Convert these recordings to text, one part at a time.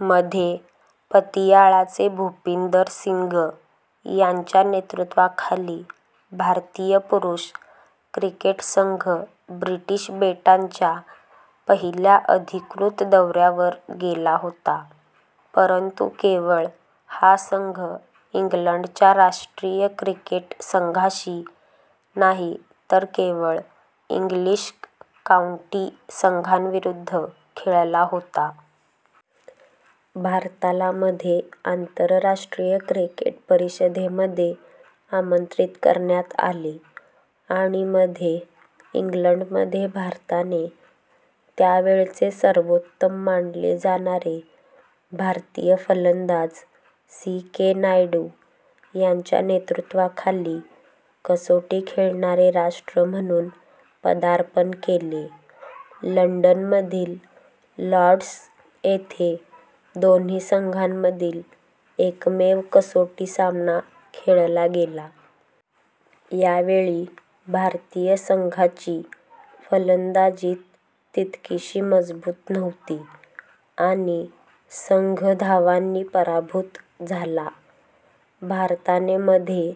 मध्ये, पतियाळाचे भूपिंदर सिंग यांच्या नेतृत्वाखाली भारतीय पुरुष क्रिकेट संघ ब्रिटिश बेटांच्या पहिल्या अधिकृत दौऱ्यावर गेला होता, परंतु केवळ हा संघ इंग्लंडच्या राष्ट्रीय क्रिकेट संघाशी नाही तर केवळ इंग्लिश काऊंटी संघांविरुद्ध खेळला होता। भारताला मध्ये आंतरराष्ट्रीय क्रिकेट परिषदेमध्ये आमंत्रित करण्यात आले आणि मध्ये इंग्लंडमध्ये भारताने त्यावेळचे सर्वोत्तम मानले जाणारे भारतीय फलंदाज सी. के. नायडू, यांच्या नेतृत्वाखाली कसोटी खेळणारे राष्ट्र म्हणून पदार्पण केले. लंडन मधील लॉर्ड्स येथे दोन्ही संघांमधील एकमेव कसोटी सामना खेळला गेला. यावेळी भारतीय संघाची फलंदाजीत तितकीशी मजबूत नव्हती आणि संघ धावांनी पराभूत झाला. भारताने मध्ये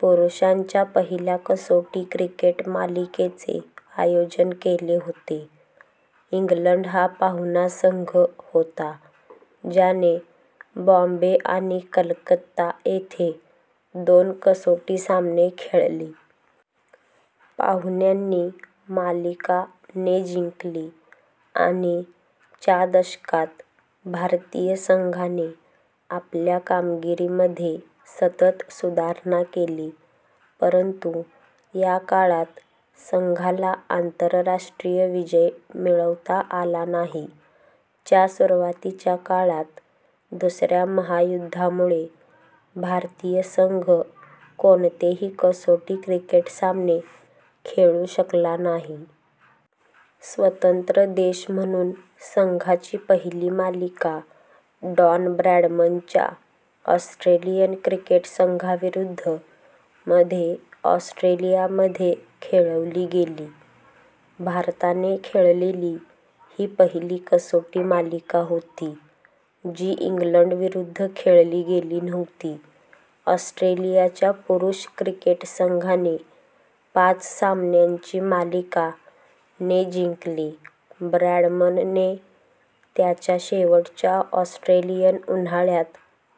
पुरुषांच्या पहिल्या कसोटी क्रिकेट मालिकेचे आयोजन केले होते. इंग्लंड हा पाहुणा संघ होता ज्याने बॉम्बे आणि कलकत्ता येथे दोन कसोटी सामने खेळले. पाहुण्यांनी मालिका - ने जिंकली. आणि च्या दशकात भारतीय संघाने आपल्या कामगिरीमध्ये सतत सुधारणा केली परंतु या काळात संघाला आंतरराष्ट्रीय विजय मिळवता आला नाही. च्या सुरुवातीच्या काळात, दुसऱ्या महायुद्धा मुळे भारतीय संघ कोणतेही कसोटी क्रिकेट सामने खेळू शकला नाही. स्वतंत्र देश म्हणून संघाची पहिली मालिका डॉन ब्रॅडमन च्या ऑस्ट्रेलियन क्रिकेट संघाविरुद्ध - मध्ये ऑस्ट्रेलियामध्ये खेळवली गेली. भारताने खेळलेली ही पहिली कसोटी मालिका होती जी इंग्लंडविरुद्ध खेळली गेली नव्हती. ऑस्ट्रेलियाच्या पुरुष क्रिकेट संघाने पाच सामन्यांची मालिका - ने जिंकली, ब्रॅडमनने त्याच्या शेवटच्या ऑस्ट्रेलियन उन्हाळ्यात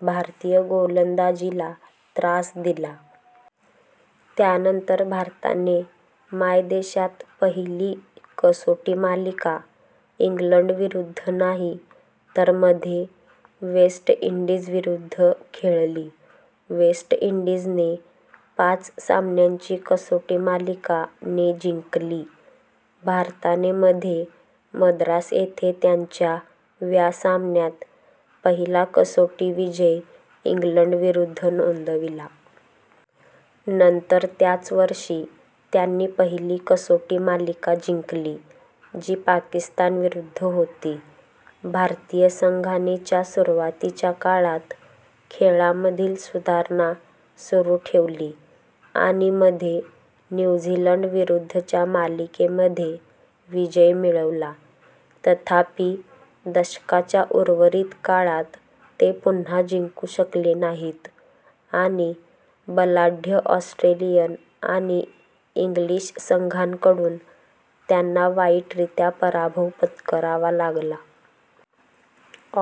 भारतीय गोलंदाजीला त्रास दिला. त्यानंतर भारताने मायदेशात पहिली कसोटी मालिका इंग्लंडविरुद्ध नाही तर मध्ये वेस्ट इंडीज विरुद्ध खेळली. वेस्ट इंडीजने पाच सामन्यांची कसोटी मालिका - ने जिंकली. भारताने मध्ये मद्रास येथे त्यांच्या व्या सामन्यात पहिला कसोटी विजय इंग्लंडविरुद्ध नोंदविला. नंतर त्याच वर्षी, त्यांनी पहिली कसोटी मालिका जिंकली, जी पाकिस्तान विरुद्ध होती. भारतीय संघाने च्या सुरुवातीच्या काळात खेळामधील सुधारणा सुरू ठेवली आणि मध्ये न्यू झीलंड विरुद्धच्या मालिकेमध्ये विजय मिळवला. तथापि, दशकाच्या उर्वरित काळात ते पुन्हा जिंकू शकले नाहीत आणि बलाढ्य ऑस्ट्रेलियन आणि इंग्लिश संघांकडून त्यांना वाईटरित्या पराभव पत्करावा लागला.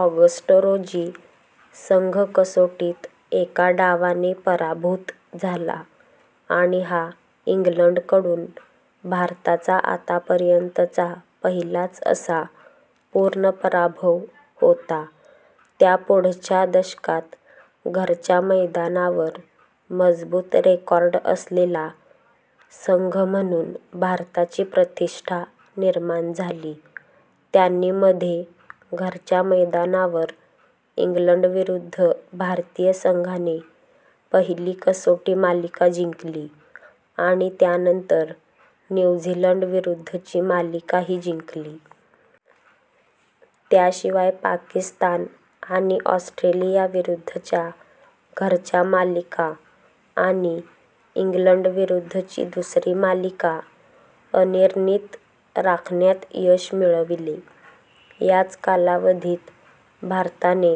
ऑगस्ट रोजी, संघ कसोटीत एका डावाने पराभूत झाला आणि हा इंग्लंडकडून भारताचा आतापर्यंतचा पहिलाच - असा पूर्ण पराभव होता. त्यापुढच्या दशकात घरच्या मैदानावर मजबूत रेकॉर्ड असलेला संघ म्हणून भारताची प्रतिष्ठा निर्माण झाली. त्यांनी - मध्ये घरच्या मैदानावर इंग्लंडविरुद्ध भारतीय संघाने पहिली कसोटी मालिका जिंकली आणि त्यानंतर न्यू झीलंडविरुद्धची मालिकाही जिंकली. त्याशिवाय पाकिस्तान आणि ऑस्ट्रेलियाविरुद्धच्या घरच्या मालिका आणि इंग्लंडविरुद्धची दुसरी मालिका अनिर्णित राखण्यात यश मिळविले. याच कालावधीत भारताने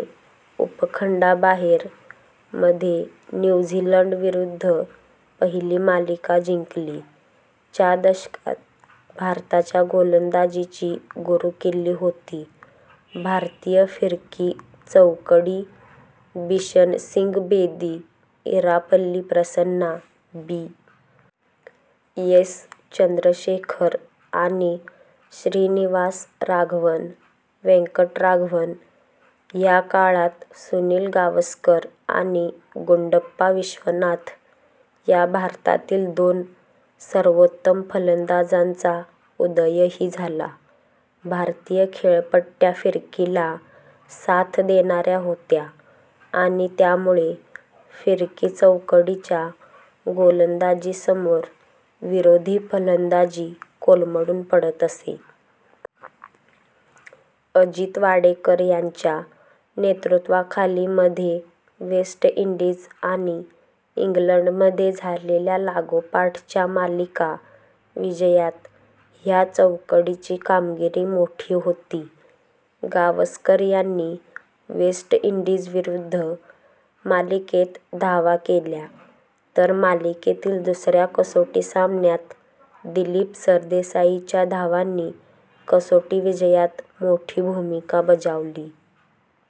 उपखंडाबाहेर - मध्ये न्यू झीलंडविरुद्ध पहिली मालिका जिंकली. च्या दशकात भारताच्या गोलंदाजीची गुरुकिल्ली होती भारतीय फिरकी चौकडी बिशनसिंग बेदी, इरापल्ली प्रसन्ना, बी. एस. चंद्रशेखर आणि श्रीनिवासराघवन वेंकटराघवन. या काळात सुनील गावस्कर आणि गुंडप्पा विश्वनाथ या भारतातील दोन सर्वोत्तम फलंदाजांचा उदयही झाला. भारतीय खेळपट्ट्या फिरकीला साथ देणाऱ्या होत्या आणि त्यामुळे फिरकी चौकडीच्या गोलंदाजीसमोर विरोधी फलंदाजी कोलमडून पडत असे. अजित वाडेकर यांच्या नेतृत्वाखाली मध्ये वेस्ट इंडीज आणि इंग्लंड मध्ये झालेल्या लागोपाठच्या मालिका विजयात ह्या चौकडीची कामगिरी मोठी होती. गावस्कर यांनी वेस्ट इंडीज विरुद्ध मालिकेत धावा केल्या तर मालिकेतील दुसऱ्या कसोटी सामन्यात दिलीप सरदेसाई च्या धावांनी कसोटी विजयात मोठी भूमिका बजावली.